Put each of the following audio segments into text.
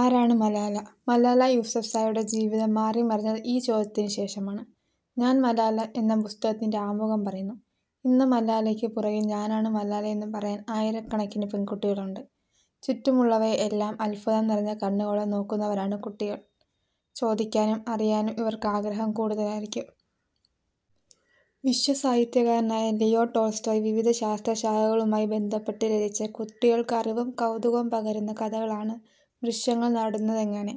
ആരാണ് മലാല. മലാല യൂസഫ്സായിയുടെ ജീവിതം മാറിമറിഞ്ഞത് ഈ ചോദ്യത്തിന് ശേഷമാണ്. ഞാന് മലാല എന്ന പുസ്തകത്തിന്റെ ആമുഖം പറയുന്നു. ഇന്ന് മലാലയ്ക്ക് പുറകില് ഞാനാണ് മലാലയെന്ന് പറയാന് ആയിരക്കണക്കിന് പെണ്കുട്ടികള് ഉണ്ട്. ചുറ്റുമുള്ളവയെ എല്ലാം അദ്ഭുതം നിറഞ്ഞ കണ്ണുകളോടെ നോക്കുന്നവരാണ് കുട്ടികള്. ചോദിക്കാനും അറിയാനും ഇവര്ക്ക് ആഗ്രഹവും കൂടുതലായിരിക്കും. വിശ്വസാഹിത്യകാരനായ ലിയോ ടോള്സ്റ്റോയ് വിവിധ ശാസ്ത്രശാഖകളുമായി ബന്ധപ്പെട്ട് രചിച്ച കുട്ടികള്ക്ക് അറിവും കൗതുകവും പകരുന്ന കഥകളാണ് 'വൃക്ഷങ്ങള് നടക്കുന്നതെങ്ങനെ'.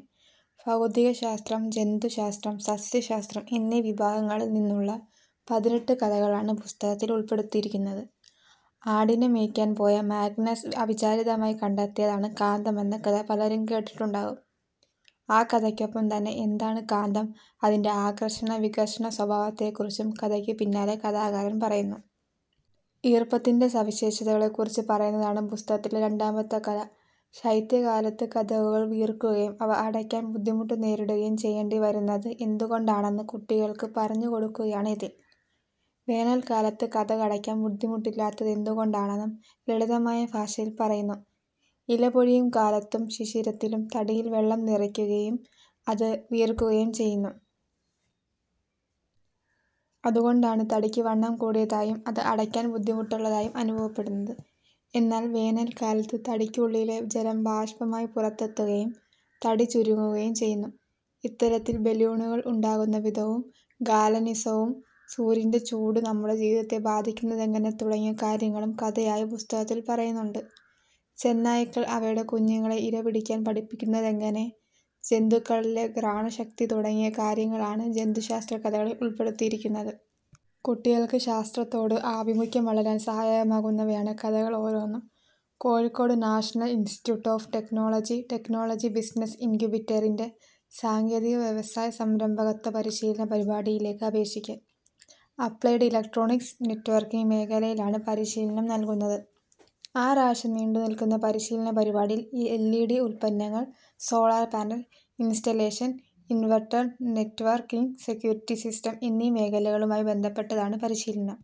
ഭൗതികശാസ്ത്രം, ജന്തുശാസ്ത്രം, സസ്യശാസ്ത്രം എന്നീ വിഭാഗങ്ങളില് നിന്നുള്ള പതിനെട്ടു കഥകളാണ് പുസ്തകത്തില് ഉള്പ്പെടുത്തിയിരിക്കുന്നത്. ആടിനെ മേയ്ക്കാന് പോയ മാഗനസ് അവിചാരിതമായി കണ്ടെത്തിയതാണ് കാന്തമെന്ന കഥ പലരും കേട്ടിട്ടുണ്ടാവും. ആ കഥയ്ക്കൊപ്പം തന്നെ എന്താണ് കാന്തം, അതിന്റെ ആകര്ഷണവികര്ഷണ സ്വഭാവത്തെ കുറിച്ചും കഥയ്ക്കു പിന്നാലെ കഥാകാരന് പറയുന്നു. ഈര്പ്പത്തിന്റെ സവിശേഷതകളെ കുറിച്ച് പറയുന്നതാണ് പുസ്തകത്തിലെ രണ്ടാമത്തെ കഥ. ശൈത്യകാലത്ത് കതകുകള് വീര്ക്കുകയും അവ അടയ്ക്കാന് ബുദ്ധിമുട്ട് നേരിടുകയും ചെയ്യേണ്ടി വരുന്നത് എന്തുകൊണ്ടാണെന്ന് കുട്ടികള്ക്ക് പറഞ്ഞു കൊടുക്കുകയാണ് ഇതില്. വേനല്ക്കാലത്ത് കതകടയ്ക്കാന് ബുദ്ധിമുട്ടില്ലാത്തത് എന്തുകൊണ്ടാണെന്നും ലളിതമായ ഭാഷയില് പറയുന്നു. ഇല പൊഴിയും കാലത്തും ശിശിരത്തിലും തടിയില് വെള്ളം നിറയുകയും അത് വീര്ക്കുകയും ചെയ്യുന്നു. അതുകൊണ്ടാണ് തടിക്ക് വണ്ണം കൂടിയതായും അത് അടയ്ക്കാന് ബുദ്ധിമുട്ടുള്ളതായും അനുഭവപ്പെടുന്നത്. എന്നാല് വേനല്ക്കാലത്ത് തടിക്കുള്ളിലെ ജലം ബാഷ്പമായി പുറത്തെത്തുകയും തടി ചുരുങ്ങുകയും ചെയ്യുന്നു. ഇത്തരത്തില് ബലൂണുകള് ഉണ്ടാക്കുന്ന വിധവും ഗാല്വനിസവും സൂര്യന്റെ ചൂട് നമ്മുടെ ജീവിതത്തെ ബാധിക്കുന്നതെങ്ങനെ തുടങ്ങിയ കാര്യങ്ങളും കഥകളായി പുസ്തകത്തില് പറയുന്നുണ്ട്. ചെന്നായ്ക്കള് അവയുടെ കുഞ്ഞുങ്ങളെ ഇര പിടിക്കാന് പഠിപ്പിക്കുന്നതെങ്ങനെ, ജന്തുക്കളിലെ ഘ്രാണശക്തി തുടങ്ങിയ കാര്യങ്ങളാണ് ജന്തുശാസ്ത്ര കഥകളില് ഉള്പ്പെടുത്തിയിരിക്കുന്നത്. കുട്ടികള്ക്ക് ശാസ്ത്രത്തോട് ആഭിമുഖ്യം വളരാന് സഹായകമാകുന്നവയാണ് കഥകള് ഓരോന്നും. Kozhikode National Institute of Technology, technology business ഇന്ക്യുബേറ്ററിന്റെ സാങ്കേതിക വ്യവസായ സംരംഭകത്വ പരിശീലന പരിപാടിയിലേക്ക് അപേക്ഷിക്കാം. അപ്ലൈഡ് ഇലക്ട്രോണിക്സ് നെറ്റ്വര്ക്കിങ് മേഖലയിലാണ് പരിശീലനം നല്കുന്നത്. ആറാഴ്ച നീണ്ടു നില്ക്കുന്ന പരിശീലന പരിപാടിയില് എല്ഇഡി ഉത്പന്നങ്ങള്, solar panel installation, inverter, networking security system എന്നീ മേഖലകളുമായി ബന്ധപ്പെട്ടാണ് പരിശീലനം.